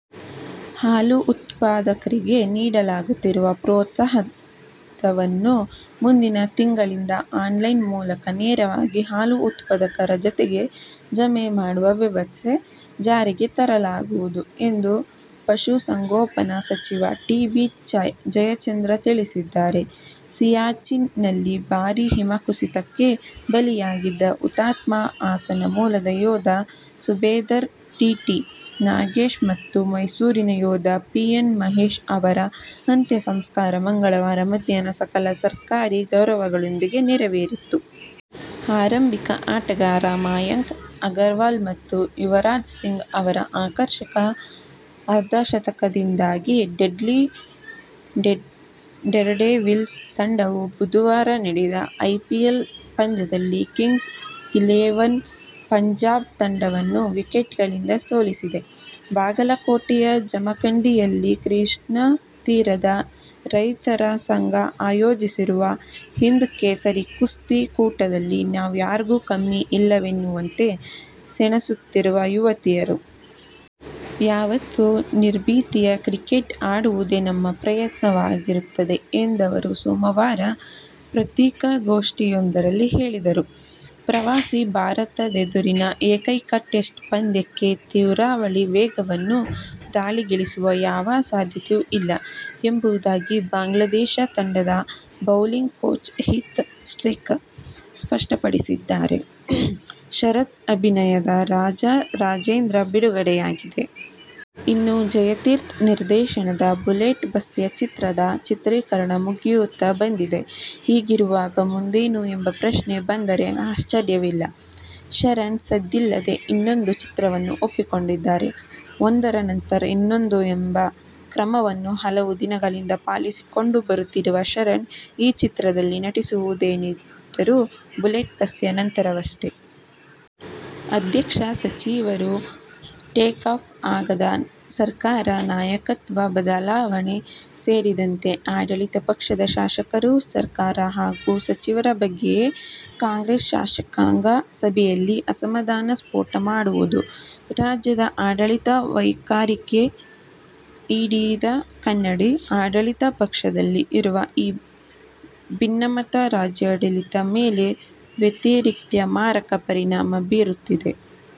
ಹಾಲು ಉತ್ಪಾದಕರಿಗೆ ನೀಡಲಾಗುತ್ತಿರುವ ಪ್ರೋತ್ಸಾಹಧನವನ್ನು ಮುಂದಿನ ತಿಂಗಳಿಂದ ಆನ್ಲೈನ್ ಮೂಲಕ ನೇರವಾಗಿ ಹಾಲು ಉತ್ಪಾದಕರ ಖಾತೆಗೆ ಜಮೆ ಮಾಡುವ ವ್ಯವಸ್ಥೆ ಜಾರಿಗೆ ತರಲಾಗುವುದು ಎಂದು ಪಶುಸಂಗೋಪನಾ ಸಚಿವ ಟಿ. ಬಿ. ಜಯಚಂದ್ರ ತಿಳಿಸಿದ್ದಾರೆ. ಸಿಯಾಚಿನ್ ನಲ್ಲಿ ಭಾರೀ ಹಿಮಕುಸಿತಕ್ಕೆ ಬಲಿಯಾಗಿದ್ದ ಹುತಾತ್ಮ ಹಾಸನ ಮೂಲದ ಯೋಧ ಸುಬೇದಾರ್ ಟಿಟಿ ನಾಗೇಶ್ ಮತ್ತು ಮೈಸೂರಿನ ಯೋಧ ಪಿಎನ್ ಮಹೇಶ್ ಅವರ ಅಂತ್ಯಸಂಸ್ಕಾರ ಮಂಗಳವಾರ ಮಧ್ಯಾಹ್ನ ಸಕಲ ಸರ್ಕಾರಿ ಗೌರವಗಳೊಂದಿಗೆ ನೆರವೇರಿತು. ಆರಂಭಿಕ ಆಟಗಾರ ಮಯಾಂಕ್ ಅಗರ್ವಾಲ್ ಮತ್ತು ಯುವರಾಜ್ ಸಿಂಗ್ ಅವರ ಆಕರ್ಷಕ ಅರ್ಧಶತಕದಿಂದಾಗಿ ಡೆಲ್ಲಿ ಡೇರ್ಡೆವಿಲ್ಸ್ ತಂಡವು ಬುಧವಾರ ನಡೆದ ಐಪಿಎಲ್ ಪಂದ್ಯದಲ್ಲಿ ಕಿಂಗ್ಸ್ ಇಲೆವನ್ ಪಂಜಾಬ್ ತಂಡವನ್ನು ವಿಕೆಟ್ಗಳಿಂದ ಸೋಲಿಸಿದೆ. ಬಾಗಲಕೋಟೆಯ ಜಮಖಂಡಿಯಲ್ಲಿ ಕೃಷ್ಣಾತೀರದ ರೈತರ ಸಂಘ ಆಯೋಜಿಸಿರುವ 'ಹಿಂದ್ ಕೇಸರಿ' ಕುಸ್ತಿ ಕೂಟದಲ್ಲಿ ನಾವ್ ಯಾರಿಗೂ ಕಮ್ಮಿ ಇಲ್ಲವೆನ್ನುವಂತೆ ಸೆಣಸುತ್ತಿರುವ ಯುವತಿಯರು. ಯಾವತ್ತೂ ನಿರ್ಭೀತಿಯ ಕ್ರಿಕೆಟ್ ಆಡುವುದೇ ನಮ್ಮ ಪ್ರಯತ್ನವಾಗಿರುತ್ತದೆ ಎಂದವರು ಸೋಮವಾರದ ಪತ್ರಿಕಾಗೋಷ್ಠಿಯೊಂದರಲ್ಲಿ ಹೇಳಿದರು. ಪ್ರವಾಸಿ ಭಾರತದೆದುರಿನ ಏಕೈಕ ಟೆಸ್ಟ್ ಪಂದ್ಯಕ್ಕೆ ತ್ರಿವಳಿ ವೇಗಿಗಳನ್ನು ದಾಳಿಗಿಳಿಸುವ ಯಾವ ಸಾಧ್ಯತೆಯೂ ಇಲ್ಲ ಎಂಬುದಾಗಿ ಬಾಂಗ್ಲಾದೇಶ ತಂಡದ ಬೌಲಿಂಗ್ ಕೋಚ್ ಹೀತ್ ಸ್ಟ್ರೀಕ್ ಸ್ಪಷ್ಟಪಡಿಸಿದ್ದಾರೆ. ಶರಣ್ ಅಭಿನಯದ "ರಾಜ ರಾಜೇಂದ್ರ' ಬಿಡುಗಡೆಯಾಗಿದೆ. ಇನ್ನು ಜಯತೀರ್ಥ ನಿರ್ದೇಶನದ "ಬುಲೆಟ್ ಬಸ್ಯ' ಚಿತ್ರದ ಚಿತ್ರೀಕರಣ ಮುಗಿಯುತ್ತಾ ಬಂದಿದೆ. ಹೀಗಿರುವಾಗ ಮುಂದೇನು ಎಂಬ ಪ್ರಶ್ನೆ ಬಂದರೆ ಆಶ್ಚರ್ಯವಿಲ್ಲ. ಶರಣ್ ಸದ್ದಿಲ್ಲದೆ ಇನ್ನೊಂದು ಚಿತ್ರವನ್ನು ಒಪ್ಪಿಕೊಂಡಿದ್ದಾರೆ. ಒಂದರ ನಂತರ ಇನ್ನೊಂದು ಎಂಬ ಕ್ರಮವನ್ನು ಹಲವು ದಿನಗಳಿಂದ ಪಾಲಿಸಿಕೊಂಡು ಬರುತ್ತಿರುವ ಶರಣ್, ಈ ಚಿತ್ರದಲ್ಲಿ ನಟಿಸುವುದೇನಿದ್ದರೂ "ಬುಲೆಟ್ ಬಸ್ಯ' ನಂತರವಷ್ಟೇ. "ಅದಕ್ಷ ಸಚಿವರು, ಟೇಕ್ ಆಫ್ ಆಗದ ಸರ್ಕಾರ, ನಾಯಕತ್ವ ಬದಲಾವಣೆ ಸೇರಿದಂತೆ ಆಡಳಿತ ಪಕ್ಷದ ಶಾಸಕರು ಸರ್ಕಾರ ಹಾಗೂ ಸಚಿವರ ಬಗ್ಗೆಯೇ ಕಾಂಗ್ರೆಸ್ ಶಾಸಕಾಂಗ ಸಭೆಯಲ್ಲಿ ಅಸಮಾಧಾನ ಸ್ಫೋಟ ಮಾಡುವುದು ರಾಜ್ಯದ ಆಡಳಿತ ವೈಖರಿಗೆ ಹಿಡಿದ ಕನ್ನಡಿ. ಆಡಳಿತ ಪಕ್ಷದಲ್ಲಿ ಇರುವ ಈ ಭಿನ್ನಮತ ರಾಜ್ಯಾಡಳಿತದ ಮೇಲೆ ವ್ಯತಿರಿಕ್ತ ಮಾರಕ ಪರಿಣಾಮ ಬೀರುತ್ತಿದೆ.